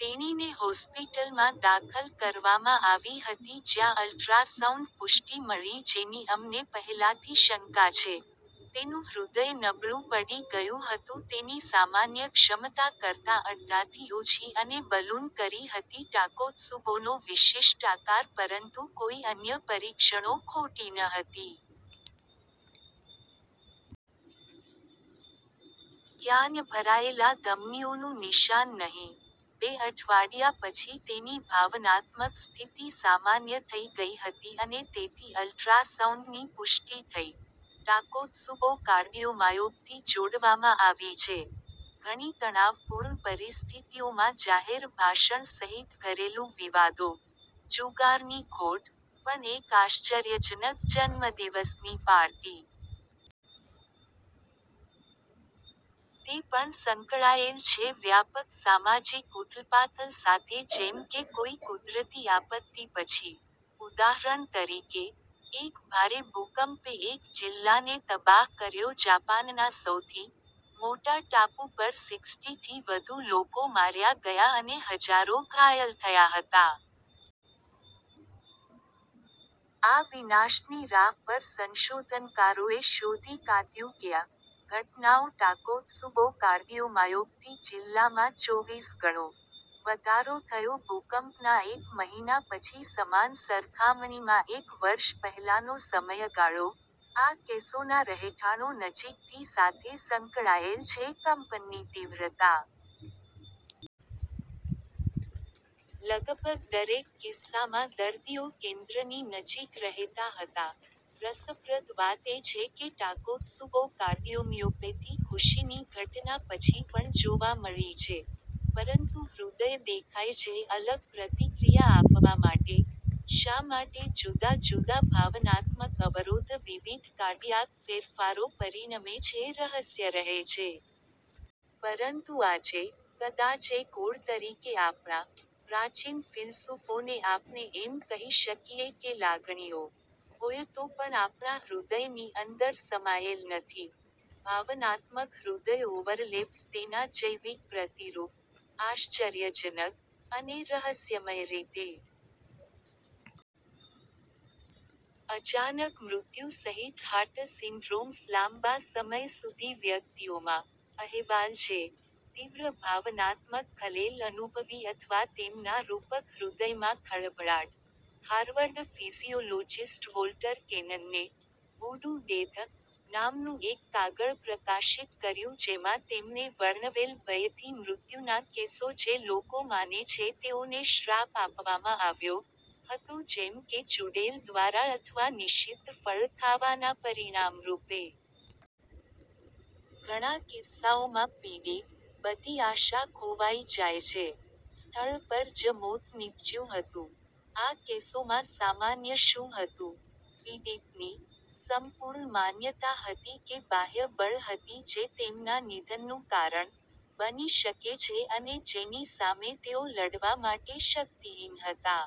તેણીને હોસ્પિટલમાં દાખલ કરવામાં આવી હતી જ્યાં અલ્ટ્રાસાઉન્ડ પુષ્ટિ મળી જેની અમને પહેલાથી શંકા છે. તેનું હૃદય નબળું પડી ગયું હતું તેની સામાન્ય ક્ષમતા કરતાં અડધાથી ઓછી અને બલૂન કરી હતી ટાકોત્સુબોનો વિશિષ્ટ આકાર પરંતુ કોઈ અન્ય પરીક્ષણો ખોટી ન હતી. ક્યાંય ભરાયેલા ધમનીઓનું નિશાન નહીં. બે અઠવાડિયા પછી તેની ભાવનાત્મક સ્થિતિ સામાન્ય થઈ ગઈ હતી અને તેથી અલ્ટ્રાસાઉન્ડની પુષ્ટિ થઈ. ટાકોત્સુબો કાર્ડિયોમાયોપથી જોડવામાં આવી છે. ઘણી તણાવપૂર્ણ પરિસ્થિતિઓમાં જાહેર ભાષણ સહિત ઘરેલું વિવાદો, જુગારની ખોટ, પણ એક આશ્ચર્યજનક જન્મદિવસની પાર્ટી. તે પણ સંકળાયેલ છે વ્યાપક સામાજિક ઉથલપાથલ સાથે જેમ કે કોઈ કુદરતી આપત્તિ પછી. ઉદાહરણ તરીકે, એક ભારે ભુકંપે એક જિલ્લાને તબાહ કર્યો જાપાનના સૌથી મોટા ટાપુ પર સિક્સટી થી વધુ લોકો માર્યા ગયા અને હજારો ઘાયલ થયા હતા. આ વિનાશની રાહ પર સંશોધનકારોએ શોધી કાદ્યું કે આ ઘટનાઓ ટાકોત્સુબો કાર્ડિયોમાયોપથી જિલ્લામાં ચોવીસ ગણો વધારો થયો ભૂકંપના એક મહિના પછી સમાન સરખામણીમાં એક વર્ષ પહેલાનો સમયગાળો. આ કેસોના રહેઠાણો નજીકથી સાથે સંકળાયેલ છે કંપનની તીવ્રતા. લગભગ દરેક કિસ્સામાં દર્દીઓ કેન્દ્રની નજીક રહેતા હતા. રસપ્રદ વાત એ છે કે ટાકોત્સુબો કાર્ડિયોમિયોપેથી ખુશીની ઘટના પછી પણ જોવા મળી છે. પરંતુ હૃદય દેખાય છે અલગ પ્રતિક્રિયા આપવા માટે. શા માટે જુદા જુદા ભાવનાત્મક અવરોધ વિવિધ કાર્ડિયાક ફેરફારો પરિણમે છે રહસ્ય રહે છે. પરંતુ આજે, કદાચ એક ઓડ તરીકે આપણા પ્રાચીન ફિલસૂફોને આપણે એમ કહી શકીએ કે લાગણીઓ હોય તો પણ આપણા હૃદયની અંદર સમાયેલ નથી, ભાવનાત્મક હૃદય ઓવરલેપ્સ તેના જૈવિક પ્રતિરૂપ, આશ્ચર્યજનક અને રહસ્યમય રીતે. અચાનક મૃત્યુ સહિત હાર્ટ સિન્ડ્રોમ્સ લાંબા સમય સુધી વ્યક્તિઓમાં અહેવાલ છે. તીવ્ર ભાવનાત્મક ખલેલ અનુભવી અથવા તેમના રૂપક હૃદયમાં ખળભળાટ. હાર્વર્ડ ફિઝિયોલોજિસ્ટ વોલ્ટર કેનનને "વૂડુ ડેથ" નામનું એક કાગળ પ્રકાશિત કર્યું જેમાં તેમણે વર્ણવેલ ભયથી મૃત્યુનાં કેસો જે લોકો માને છે તેઓને શ્રાપ આપવામાં આવ્યો હતો જેમ કે ચૂડેલ દ્વારા અથવા નિષિદ્ધ ફળ ખાવાના પરિણામ રૂપે. ઘણા કિસ્સાઓમાં પીડિત, બધી આશા ખોવાઈ જાય છે. સ્થળ પર જ મોત નીપજ્યું હતું. આ કેસોમાં સામાન્ય શું હતું? પીડિતની સંપૂર્ણ માન્યતા હતી કે બાહ્ય બળ હતી જે તેમના નિધનનું કારણ બની શકે છે અને જેની સામે તેઓ લડવા માટે શક્તિહિન હતા.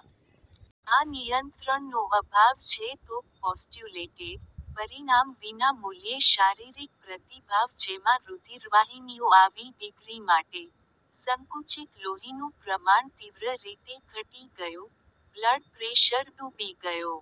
આ નિયંત્રણનો અભાવ છે તોપ પોસ્ટ્યુલેટેડ, પરિણામ વિના મૂલ્યે શારીરિક પ્રતિભાવ જેમાં રુધિરવાહિનીઓ આવી ડિગ્રી માટે સંકુચિત લોહીનું પ્રમાણ તીવ્ર રીતે ઘટી ગયું, બ્લડ પ્રેશર ડૂબી ગયો.